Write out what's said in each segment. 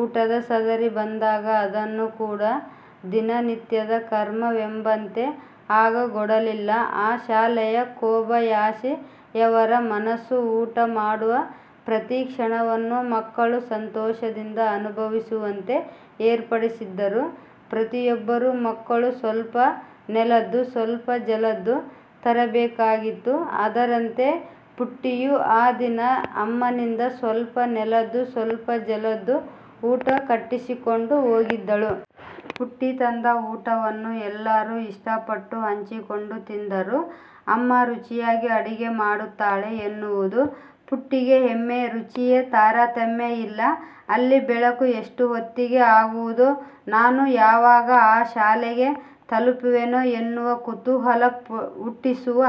ಊಟದ ಸರದಿ ಬಂದಾಗ ಅದನ್ನು ಕೂಡ ದಿನ ನಿತ್ಯದ ಕರ್ಮವೆಂಬಂತೆ ಆಗಗೊಡಲಿಲ್ಲ ಆ ಶಾಲೆಯ ಕೊಬಯಾಶಿಯವರ ಮನಸ್ಸು. ಊಟ ಮಾಡುವ ಪ್ರತಿ ಕ್ಷಣವನ್ನು ಮಕ್ಕಳು ಸಂತೋಷದಿಂದ ಅನುಭವಿಸುವಂತೆ ಏರ್ಪಡಿಸಿದ್ದರು. ಪ್ರತಿಯೊಬ್ಬ ಮಕ್ಕಳು "ಸ್ವಲ್ಪ ನೆಲದ್ದು, ಸ್ವಲ್ಪ ಜಲದ್ದು" ತರಬೇಕಾಗಿತ್ತು. ಅದರಂತೆ ಪುಟ್ಟಿಯೂ ಆ ದಿನ ಅಮ್ಮನಿಂದ 'ಸ್ವಲ್ಪ ನೆಲದ್ದು, ಸ್ವಲ್ಪ ಜಲದ್ದು' ಊಟ ಕಟ್ಟಿಸಿಕೊಂಡು ಹೋಗಿದ್ದಳು. ಪುಟ್ಟಿ ತಂದ ಊಟವನ್ನು ಎಲ್ಲರು ಇಷ್ಟಪಟ್ಟು ಹಂಚಿಕೊಂಡು ತಿಂದರು. ಅಮ್ಮ ರುಚಿಯಾಗಿ ಅಡುಗೆ ಮಾಡುತ್ತಾಳೆ ಎನ್ನುವುದು ಪುಟ್ಟಿಗೆ ಹೆಮ್ಮೆ. ರುಚಿಯ ತಾರತಮ್ಯ ಇಲ್ಲ ಅಲ್ಲಿ. ಬೆಳಕು ಎಷ್ಟು ಹೊತ್ತಿಗೆ ಆಗುವುದೋ ನಾನು ಯಾವಾಗ ಆ ಶಾಲೆಗೆ ತಲುಪುವೆನೋ ಎನ್ನುವ ಕುತೂಹಲ ಹುಟ್ಟಿಸುವ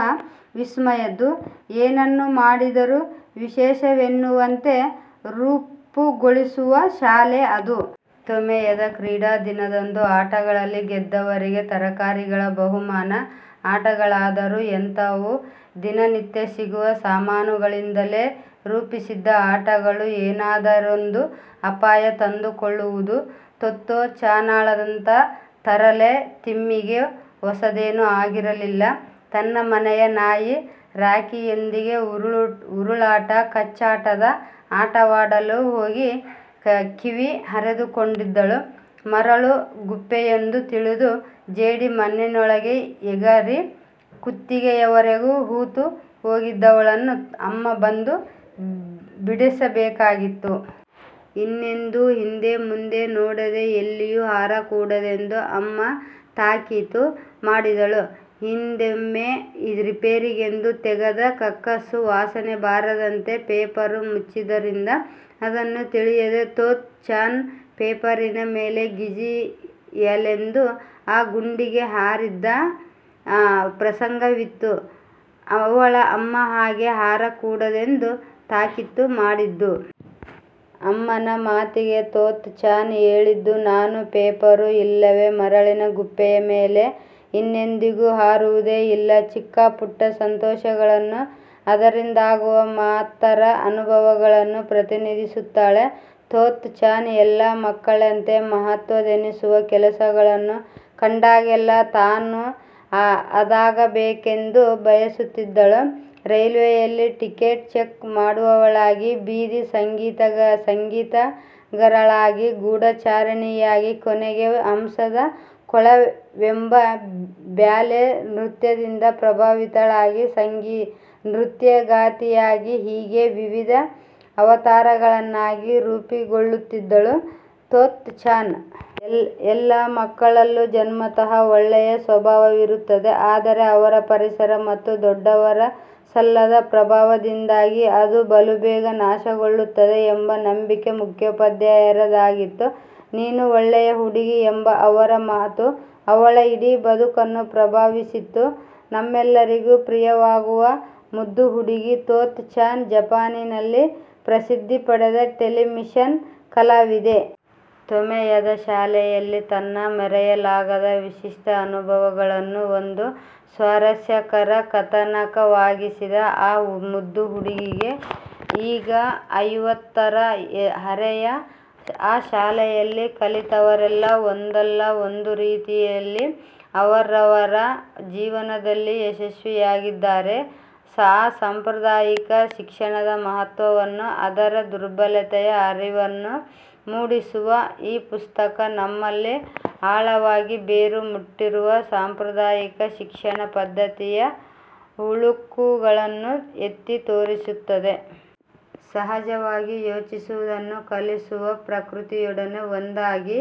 'ವಿಸ್ಮಯ'ದ್ದು. ಏನನ್ನು ಮಾಡಿದರು ವಿಶೇಷವೆನ್ನುವಂತೆ ರೂಪುಗೊಳಿಸುವ ಶಾಲೆ ಅದು. ತೊಮೆಯೆದ ಕ್ರೀಡಾದಿನದಂದು ಅಟಗಳಲ್ಲಿ ಗೆದ್ದವರಿಗೆ ತರಕಾರಿಗಳ ಬಹುಮಾನ. ಆಟಗಳಾದರು ಎಂಥವು ದಿನನಿತ್ಯ ಸಿಗುವ ಸಾಮಾನುಗಳಿಂದಲೇ ರೂಪಿಸಿದ್ದ ಆಟಗಳು. ಏನಾದರೊಂದು ಅಪಾಯ ತಂದುಕೊಳ್ಳುವುದು ತೊತ್ತೋ-ಚಾನಳಂಥ ತರಲೆ ತಿಮ್ಮಿಗೆ ಹೊಸದೇನು ಆಗಿರಲಿಲ್ಲ. ತನ್ನ ಮನೆಯ ನಾಯಿ ರಾಕಿಯೊಂದಿಗೆ ಉರುಳಾಟ ಕಚ್ಚಾಟದ ಆಟವಾಡಲು ಹೋಗಿ ಕಿವಿ ಹರಿದುಕೊಂಡಿದ್ದಳು. ಮರಳು ಗುಪ್ಪೆಯೆಂದು ತಿಳಿದು ಜೇಡಿ ಮಣ್ಣಿನೊಳಗೆ ಎಗರಿ ಕುತ್ತಿಗೆಯವರೆಗು ಹೂತು ಹೋಗಿದ್ದವಳನ್ನು ಅಮ್ಮ ಬಂದು ಬಿಡಿಸಬೇಕಾಗಿತ್ತು. ಇನ್ನೆಂದೂ ಹಿಂದೆ ಮುಂದೆ ನೋಡದೆ ಎಲ್ಲಿಯೂ ಹಾರಕೂಡದೆಂದು ಅಮ್ಮ ತಾಕೀತು ಮಾಡಿದಳು. ಹಿಂದೊಮ್ಮೆ ರಿಪೇರಿಗೆಂದು ತೆಗೆದ ಕಕ್ಕಸ್ಸು ವಾಸನೆ ಬಾರದಂತೆ ಪೇಪರು ಮುಚ್ಚಿದ್ದರಿಂದ ಅದನ್ನು ತಿಳಿಯದೆ ತೊತ್ತೋ-ಚಾನ್ ಪೇಪರಿನ ಮೇಲೆ ಜಿಗಿಯಲೆಂದು ಆ ಗುಂಡಿಗೆ ಹಾರಿದ್ದ ಪ್ರಸಂಗವಿತ್ತು. ಅವಳ ಅಮ್ಮ ಹಾಗೆ ಹಾರಕೂಡದೆಂದು ತಾಕೀತು ಮಾಡಿದ್ದು. ಅಮ್ಮನ ಮಾತಿಗೆ ತೊತ್ತೋ-ಚಾನ್ ಹೇಳಿದ್ದು: ನಾನು ಪೇಪರು ಇಲ್ಲವೇ ಮರಳಿನ ಗುಪ್ಪೆಯ ಮೇಲೆ ಇನ್ನೆಂದಿಗೂ ಹಾರುವುದೇ ಇಲ್ಲ. ಚಿಕ್ಕ ಪುಟ್ಟ ಸಂತೋಷಗಳನ್ನು, ಅದರಿಂದಾಗುವ ಮಹತ್ತರ ಅನುಭವಗಳನ್ನು ಪ್ರತಿನಿಧಿಸುತ್ತಾಳೆ ತೊತ್ತೋ-ಚಾನ್ ಎಲ್ಲ ಮಕ್ಕಳಂತೆ ಮಹತ್ವದೆನ್ನಿಸುವ ಕೆಲಸ ಗಳನ್ನು ಕಂಡಾಗಲೆಲ್ಲ ತಾನು ಅದಾಗಬೇಕೆಂದು ಬಯಸುತ್ತಿದ್ದಳು. ರೇಲ್ವೆಯಲ್ಲಿ ಟಿಕೆಟ್ ಚೆಕ್ ಮಾಡುವವಳಾಗಿ, ಬೀದಿ ಸಂಗೀತಗಾರಳಾಗಿ, ಗೂಢಾಚಾರಿಣಿಯಾಗಿ, ಕೊನೆಗೆ 'ಹಂಸದ ಕೊಳ'ವೆಂಬ ಬ್ಯಾಲೆ ನೃತ್ಯದಿಂದ ಪ್ರಭಾವಿತಳಾಗಿ ನೃತ್ಯಗಾತಿಯಾಗಿ-ಹೀಗೆ ವಿವಿಧ ಅವತಾರಗಳಲ್ಲಿ ರೂಪುಗೊಳ್ಳುತ್ತಿದ್ದಳು ತೊತ್ತೋ-ಚಾನ್. ಎಲ್ಲ ಮಕ್ಕಳಲ್ಲೂ ಜನ್ಮತಃ ಒಳ್ಳೆಯ ಸ್ವಭಾವವಿರುತ್ತದೆ. ಆದರೆ ಅವರ ಪರಿಸರ ಮತ್ತು ದೊಡ್ಡವರ ಸಲ್ಲದ ಪ್ರಭಾವದಿಂದಾಗಿ ಅದು ಬಲುಬೇಗ ನಾಶಗೊಳ್ಳುತ್ತದೆ ಎಂಬ ನಂಬಿಕೆ ಮುಖ್ಯೋಪಾಧ್ಯಾಯರ ದಾಗಿತ್ತು. "ನೀನು ಒಳ್ಳೆಯ ಹುಡುಗಿ" ಎಂಬ ಅವರ ಮಾತು ಅವಳ ಇಡೀ ಬದುಕನ್ನು ಪ್ರಭಾವಿಸಿತ್ತು. ನಮ್ಮೆಲ್ಲರಿಗು ಪ್ರಿಯವಾಗುವ ಮುದ್ದು ಹುಡುಗಿ ತೊತ್ತೋ-ಚಾನ್ ಜಪಾನಿನಲ್ಲಿ ಪ್ರಸಿದ್ದಿ ಪಡೆದ ಟೆಲಿವಿಷನ್ ಕಲಾವಿದೆ. ತೊಮೆಯೆದ ಶಾಲೆಯಲ್ಲಿ ತನ್ನ ಮರೆಯಲಾಗದ ವಿಶಿಷ್ಟ ಅನುಭಗಳನ್ನು ಒಂದು ಸ್ವಾರಸ್ಯಕರ ಕಥಾನಕವಾಗಿಸಿದ ಆ ಮುದ್ದು ಹುಡುಗಿಗೆ ಈಗ ಐವತ್ತರ ಹರೆಯ. ಆ ಶಾಲೆಯಲ್ಲಿ ಕಲಿತವರೆಲ್ಲ ಒಂದಲ್ಲ ಒಂದು ರೀತಿಯಲ್ಲಿ ಅವವರವರ ಜೀವನದಲ್ಲಿ ಯಶಸ್ವಿಯಾಗಿದ್ದಾರೆ. ಅಸಂಪ್ರದಾಯಿಕ ಶಿಕ್ಷಣದ ಮಹತ್ವವನ್ನು ಅದರ ದುರ್ಲಭತೆಯ ಅರಿವನ್ನು ಮೂಡಿಸುವ ಈ ಪುಸ್ತಕ, ನಮ್ಮಲ್ಲಿ ಆಳವಾಗಿ ಬೇರು ಬಿಟ್ಟಿರುವ ಸಾಂಪ್ರದಾಯಿಕ ಶಿಕ್ಷಣ ಪದ್ದತಿಯ ಹುಳುಕುಗಳನ್ನು ಎತ್ತಿತೋರಿಸುತ್ತದೆ. ಸಹಜವಾಗಿ ಯೋಚಿಸುವುದನ್ನು ಕಲಿಸುವ, ಪ್ರಕೃತಿಯೊಡನೆ ಒಂದಾಗಿ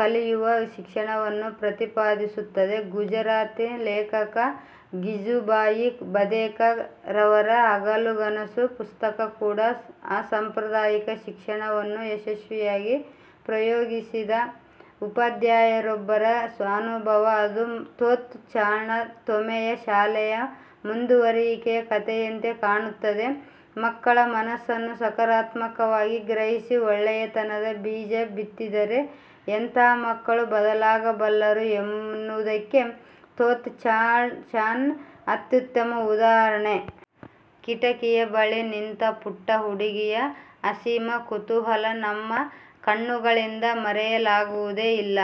ಕಲಿಯುವ ಶಿಕ್ಷಣವನ್ನು ಪ್ರತಿಪಾದಿಸುತ್ತದೆ. ಗುಜರಾತಿ ಲೇಖಕ ಗೀಜೂಬಾಯಿ ಬಧೇಕ ರವರ 'ಹಗಲುಗನಸು' ಪುಸ್ತಕ ಕೂಡ ಅಸಂಪ್ರದಾಯಿಕ ಶಿಕ್ಷಣವನ್ನು ಯಶಸ್ವಿಯಾಗಿ ಪ್ರಯೋಗಿಸಿದ ಉಪಾಧ್ಯಾಯರೊಬ್ಬರ ಸ್ವಾನುಭವ. ಅದು ತೊತ್ತೋ-ಚಾನ್ಳ ತೊಮೆಯೆ ಶಾಲೆಯ ಮುಂದುವರಿಕೆಯ ಕಥೆಯಂತೆ ಕಾಣುತ್ತದೆ. ಮಕ್ಕಳ ಮನಸ್ಸನ್ನು ಸಕಾರಾತ್ಮಕವಾಗಿ ಗ್ರಹಿಸಿ ಒಳ್ಳೆಯತನದ ಬೀಜ ಬಿತ್ತಿದರೆ ಎಂಥ ಮಕ್ಕಳು ಬದಲಾಗಬಲ್ಲರು ಎನ್ನುವುದಕ್ಕೆ ತೊತ್ತೋ-ಚಾನ್ ಅತ್ಯುತ್ತಮ ಉದಾಹರಣೆ. 'ಕಿಟಕಿಯ ಬಳಿ ನಿಂತ ಪುಟ್ಟ ಹುಡುಗಿಯ' ಅಸೀಮ ಕುತೂಹಲ ನಮ್ಮ ಕಣ್ಣುಗಳಿಂದ ಮರೆಯಾಲಾಗುವುದೇ ಇಲ್ಲ.